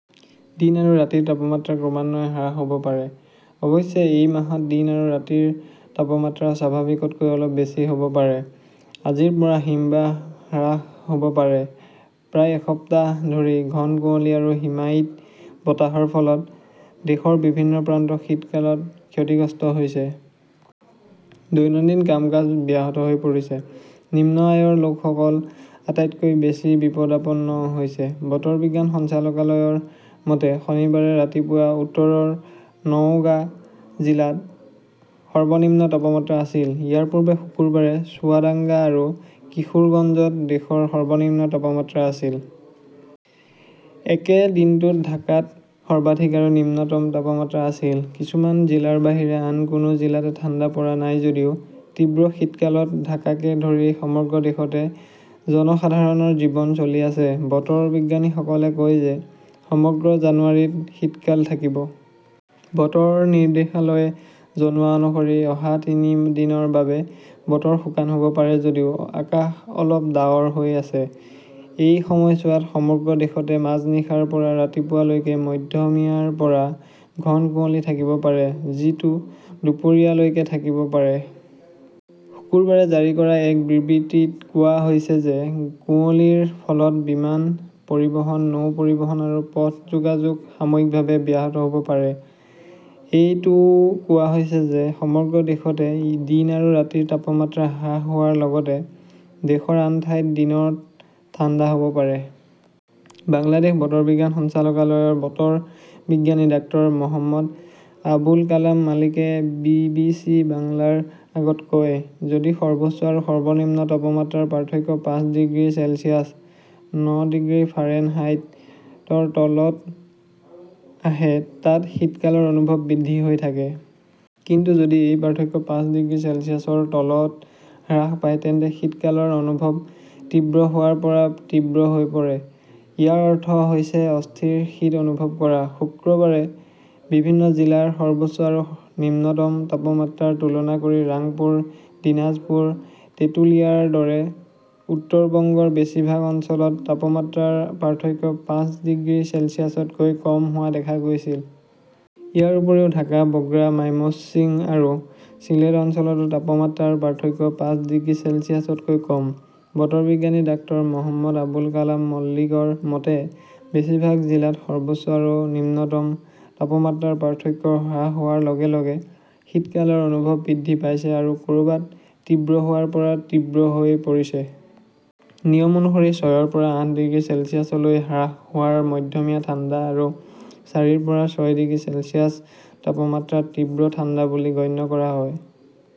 দিন আৰু ৰাতিৰ তাপমাত্ৰা ক্ৰমান্বয়ে হ্ৰাস হ'ব পাৰে। অৱশ্যে, এই মাহত দিন আৰু ৰাতিৰ তাপমাত্ৰা স্বাভাৱিকতকৈ অলপ বেছি হ'ব পাৰে। আজিৰ পৰা হিমবাহ হ্ৰাস হ'ব পাৰে। প্ৰায় এসপ্তাহ ধৰি ঘন কুঁৱলী আৰু হিমায়িত বতাহৰ ফলত দেশৰ বিভিন্ন প্ৰান্ত শীতকালত ক্ষতিগ্ৰস্ত হৈছে। দৈনন্দিন কাম-কাজ ব্যাহত হৈ পৰিছে। নিম্ন আয়ৰ লোকসকল আটাইতকৈ বেছি বিপদাপন্ন হৈছে। বতৰ বিজ্ঞান সঞ্চালকালয়ৰ মতে, শনিবাৰে ৰাতিপুৱা উত্তৰৰ নওগাঁ জিলাত সৰ্বনিম্ন তাপমাত্ৰা আছিল। ইয়াৰ পূৰ্বে শুক্ৰবাৰে চুৱাডাঙ্গা আৰু কিশোৰগঞ্জত দেশৰ সৰ্বনিম্ন তাপমাত্ৰা আছিল। একে দিনটোত ঢাকাত সৰ্বাধিক আৰু নিম্নতম তাপমাত্ৰা আছিল। কিছুমান জিলাৰ বাহিৰে আন কোনো জিলাতে ঠাণ্ডা পৰা নাই যদিও তীব্ৰ শীতকালত ঢাকাকে ধৰি সমগ্ৰ দেশতে জনসাধাৰণৰ জীৱন চলি আছে। বতৰ বিজ্ঞানীসকলে কয় যে, সমগ্ৰ জানুৱাৰীত শীতকাল থাকিব। বতৰ নিৰ্দেশালয়ে জনোৱা অনুসৰি অহা তিনি দিনৰ বাবে বতৰ শুকান হ'ব পাৰে যদিও আকাশ অলপ ডাৱৰ হৈ আছে। এই সময়ছোৱাত সমগ্ৰ দেশতে মাজনিশাৰ পৰা ৰাতিপুৱা লৈকে মধ্যমীয়াৰ পৰা ঘন কুঁৱলী থাকিব পাৰে, যিটো দুপৰীয়া লৈকে থাকিব পাৰে। শুক্ৰবাৰে জাৰি কৰা এক বিবৃতিত কোৱা হৈছে যে, কুঁৱলীৰ ফলত বিমান পৰিবহণ, নৌ পৰিবহণ আৰু পথ যোগাযোগ সাময়িকভাৱে ব্যাহত হ'ব পাৰে। এইটোও কোৱা হৈছে যে সমগ্ৰ দেশতে দিন আৰু ৰাতিৰ তাপমাত্ৰা হ্ৰাস হোৱাৰ লগতে দেশৰ আন ঠাইত দিনত ঠাণ্ডা হ'ব পাৰে। বাংলাদেশ বতৰ বিজ্ঞান সঞ্চালকালয়ৰ বতৰ বিজ্ঞানী ডাঃ মহম্মদ আবুল কালাম মালিকে বি. বি. চি. বাংলাৰ আগত কয়, "যদি সৰ্বোচ্চ আৰু নিম্নতম তাপমাত্ৰাৰ পাৰ্থক্য পাঁচ ডিগ্ৰী চেলছিয়াছ (ন' ডিগ্ৰী ফাৰেনহাইট)ৰ তলত আহে, তাত শীতকালৰ অনুভৱ বৃদ্ধি হৈ থাকে।" কিন্তু যদি এই পাৰ্থক্য পাঁচ ডিগ্ৰী চেলছিয়াছৰ তলত হ্ৰাস পায়, তেন্তে শীতকালৰ অনুভৱ তীব্ৰ হোৱাৰ পৰা তীব্ৰ হৈ পৰে। ইয়াৰ অৰ্থ হৈছে অস্থিৰ শীত অনুভৱ কৰা। শুক্ৰবাৰে বিভিন্ন জিলাৰ সৰ্বোচ্চ আৰু নিম্নতম তাপমাত্ৰাৰ তুলনা কৰি ৰাংপুৰ, দিনাজপুৰ, তেটুলিয়াৰ দৰে উত্তৰ বংগৰ বেছিভাগ অঞ্চলত তাপমাত্ৰাৰ পাৰ্থক্য পাঁচ ডিগ্ৰী চেলছিয়াছতকৈ কম হোৱা দেখা গৈছিল। ইয়াৰ উপৰিও ঢাকা, বগ্ৰা, মাইমশ্বিং আৰু চিলেট অঞ্চলতো তাপমাত্ৰাৰ পাৰ্থক্য পাঁচ ডিগ্ৰী চেলছিয়াছতকৈ কম। বতৰ বিজ্ঞানী ডাঃ মহম্মদ আবুল কালাম মল্লিকৰ মতে, বেছিভাগ জিলাত সৰ্বোচ্চ আৰু নিম্নতম তাপমাত্ৰাৰ পাৰ্থক্য হ্ৰাস হোৱাৰ লগে লগে শীতকালৰ অনুভৱ বৃদ্ধি পাইছে আৰু ক'ৰবাত তীব্ৰ হোৱাৰ পৰা তীব্ৰ হৈ পৰিছে। নিয়ম অনুসৰি, ছয়ৰ পৰা আঠ ডিগ্ৰী চেলছিয়াছলৈ হ্ৰাস হোৱাত মধ্যমীয়া ঠাণ্ডা আৰু চাৰিৰ পৰা ছয় ডিগ্ৰী চেলছিয়াছ তাপমাত্ৰাত তীব্ৰ ঠাণ্ডা বুলি গণ্য কৰা হয়।